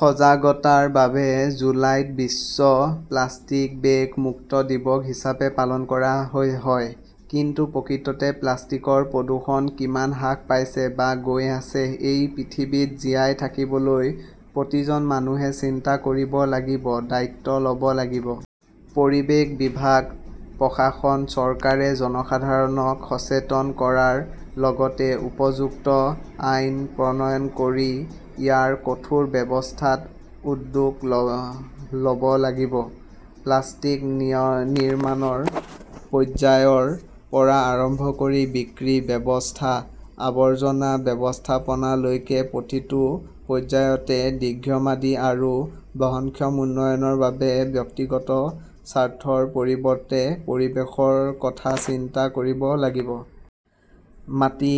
সজাগতাৰ বাবে জুলাইত বিশ্ব প্লাষ্টিক বেগ মুক্ত দিৱস হিচাপে পালন কৰা হয়। কিন্তু প্ৰকৃততে প্লাষ্টিকৰ প্ৰদূষণ কিমান হ্ৰাস পাইছে বা গৈ আছে? এই পৃথিৱীত জীয়াই থাকিবলৈ প্ৰতিজন মানুহে চিন্তা কৰিব লাগিব, দায়িত্ব ল'ব লাগিব। পৰিৱেশ বিভাগ, প্ৰশাসন, চৰকাৰে জনসাধাৰণক সচেতন কৰাৰ লগতে উপযুক্ত আইন প্ৰণয়ন কৰি ইয়াৰ কঠোৰ ব্যৱহাৰত উদ্যোগ ল'ব লাগিব। প্লাষ্টিক নিৰ্মাণৰ পৰ্যায়ৰ পৰা আৰম্ভ কৰি বিক্ৰী, ব্যৱহাৰ, আৱৰ্জনা ব্যৱস্থাপনালৈকে প্ৰতিটো পৰ্যায়তে। দীৰ্ঘম্যাদী আৰু বহনক্ষম উন্নয়নৰ বাবে ব্যক্তিগত স্বাৰ্থৰ পৰিৱৰ্তে পৰিৱেশৰ কথা চিন্তা কৰিব লাগিব। মাটি,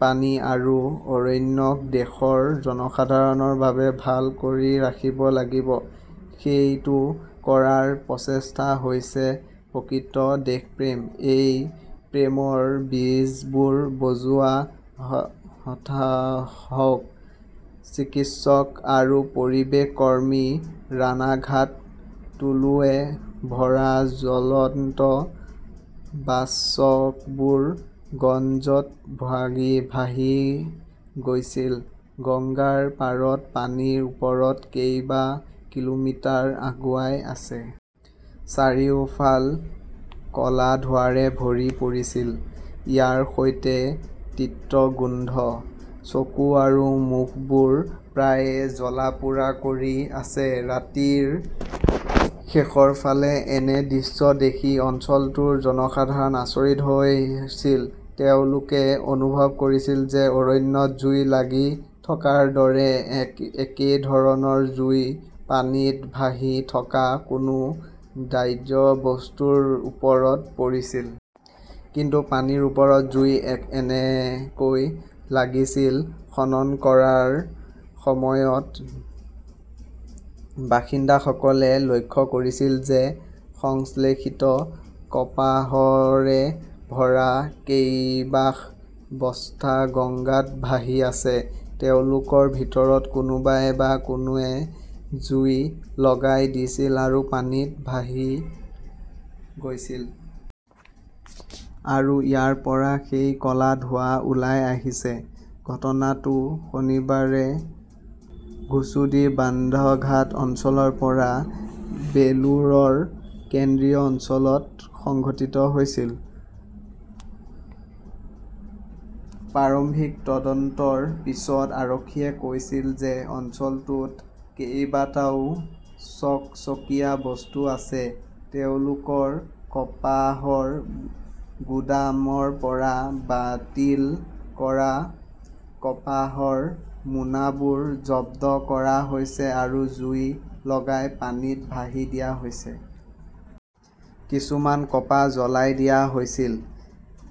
পানী আৰু অৰণ্যক দেশৰ জনসাধাৰণৰ বাবে ভাল কৰি ৰাখিব লাগিব। সেইটো কৰাৰ প্ৰচেষ্টা হৈছে প্ৰকৃত দেশপ্ৰেম। এই প্ৰেমৰ বীজবোৰ বজোৱা হওক। চিকিৎসক আৰু পৰিৱেশ কৰ্মী, ৰাণাঘাট। তুলোৰে ভৰা জ্বলন্ত বাকচবোৰ গঙ্গাত ভাহি গৈছিল গংগাৰ পাৰত পানীৰ ওপৰত কেইবা কিলোমিটাৰ আগুৱাই আছে। চাৰিওফাল ক'লা ধোঁৱাৰে ভৰি পৰিছিল। ইয়াৰ সৈতে তিক্ত গোন্ধ। চকু আৰু মুখবোৰ প্ৰায়ে জ্বলা-পোৰা কৰি আছে। ৰাতিৰ শেষৰ ফালে এনে দৃশ্য দেখি অঞ্চলটোৰ জনসাধাৰণ আচৰিত হৈছিল। তেওঁলোকে অনুভৱ কৰিছিল যে অৰণ্যত জুই লাগি থকাৰ দৰে একে ধৰণৰ জুই পানীত ভাহি থকা কোনো দাহ্য বস্তুৰ ওপৰত পৰিছিল। কিন্তু পানীৰ ওপৰত জুই কেনেকৈ লাগিছিল? খনন কৰাৰ সময়ত বাসিন্দাসকলে লক্ষ্য কৰিছিল যে সংশ্লেষিত কপাহৰে ভৰা কেইবাশ বস্তা গঙ্গাত ভাহি আছে। তেওঁলোকৰ ভিতৰত কোনোবাই বা কোনে জুই লগাই দিছিল আৰু পানীত ভাহি গৈছিল। আৰু ইয়াৰ পৰা সেই ক'লা ধোঁৱা ওলাই আহিছে। ঘটনাটো শনিবাৰে ঘুছুডিৰ বান্ধাঘাট অঞ্চলৰ পৰা বেলুৰৰ কেন্দ্ৰীয় অঞ্চলত সংঘটিত হৈছিল। প্ৰাৰম্ভিক তদন্তৰ পিছত আৰক্ষীয়ে কৈছিল যে অঞ্চলটোত কেইবাটাও চকচকীয়া বস্তু আছে। তেওঁলোকৰ কপাহৰ গুদামৰ পৰা বাতিল কৰা কপাহৰ মোনাবোৰ জব্দ কৰা হৈছে আৰু জুই লগাই পানীত ভাহি দিয়া হৈছে। কিছুমান কপাহ জ্বলাই দিয়া হৈছিল।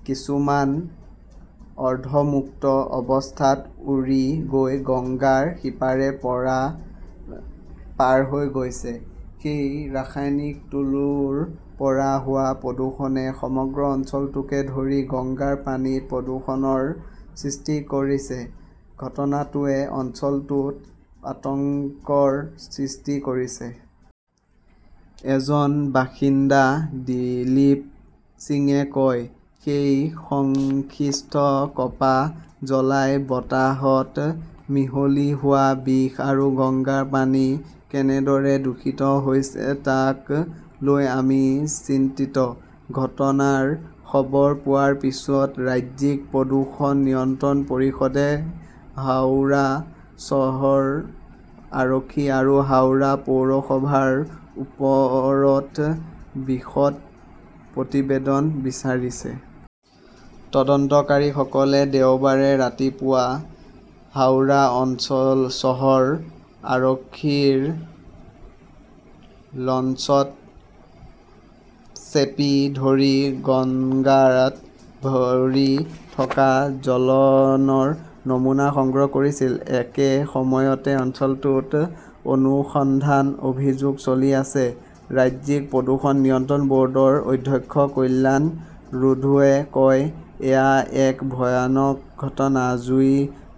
কিছুমান অৰ্ধমুখী অৱস্থাত উৰি গৈ গংগাৰ সিপাৰে পাৰ হৈ গৈছে। সেই ৰাসায়নিক তুলোৰ পৰা হোৱা প্ৰদূষণে সমগ্ৰ অঞ্চলটোকে ধৰি গংগাৰ পানীত প্ৰদূষণৰ সৃষ্টি কৰিছে। ঘটনাটোৱে অঞ্চলটোত আতংকৰ সৃষ্টি কৰিছে। এজন বাসিন্দা দিলীপ সিঙে কয়, সেই সংশ্লেষিত কপাহ জ্বলাই বতাহত মিহলি হোৱা বিষ আৰু গংগাৰ পানী কেনেদৰে দূষিত হৈছে তাক লৈ আমি চিন্তিত। ঘটনাৰ খবৰ পোৱাৰ পিছত ৰাজ্যিক প্ৰদূষণ নিয়ন্ত্ৰণ পৰিষদে হাওৰা চহৰ আৰক্ষী আৰু হাওৰা পৌৰসভাৰ ওচৰত বিশদ প্ৰতিবেদন বিচাৰিছে। তদন্তকাৰীসকলে দেওবাৰে ৰাতিপুৱা হাওৰা চহৰ আৰক্ষীৰ লঞ্চত চেপি ধৰি গঙ্গাত ভৰি থকা জ্বলনৰ নমুনা সংগ্ৰহ কৰিছিল। একে সময়তে অঞ্চলটোত অনুসন্ধান অভিযান চলি আছে। ৰাজ্যিক প্ৰদূষণ নিয়ন্ত্ৰণ বৰ্ডৰ অধ্যক্ষ কল্যাণ ৰুদ্ৰই কয়, এয়া এক ভয়ংকৰ ঘটনা। জুই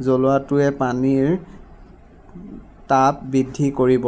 জ্বলোৱাটোৱে পানীৰ তাপ বৃদ্ধি কৰিব।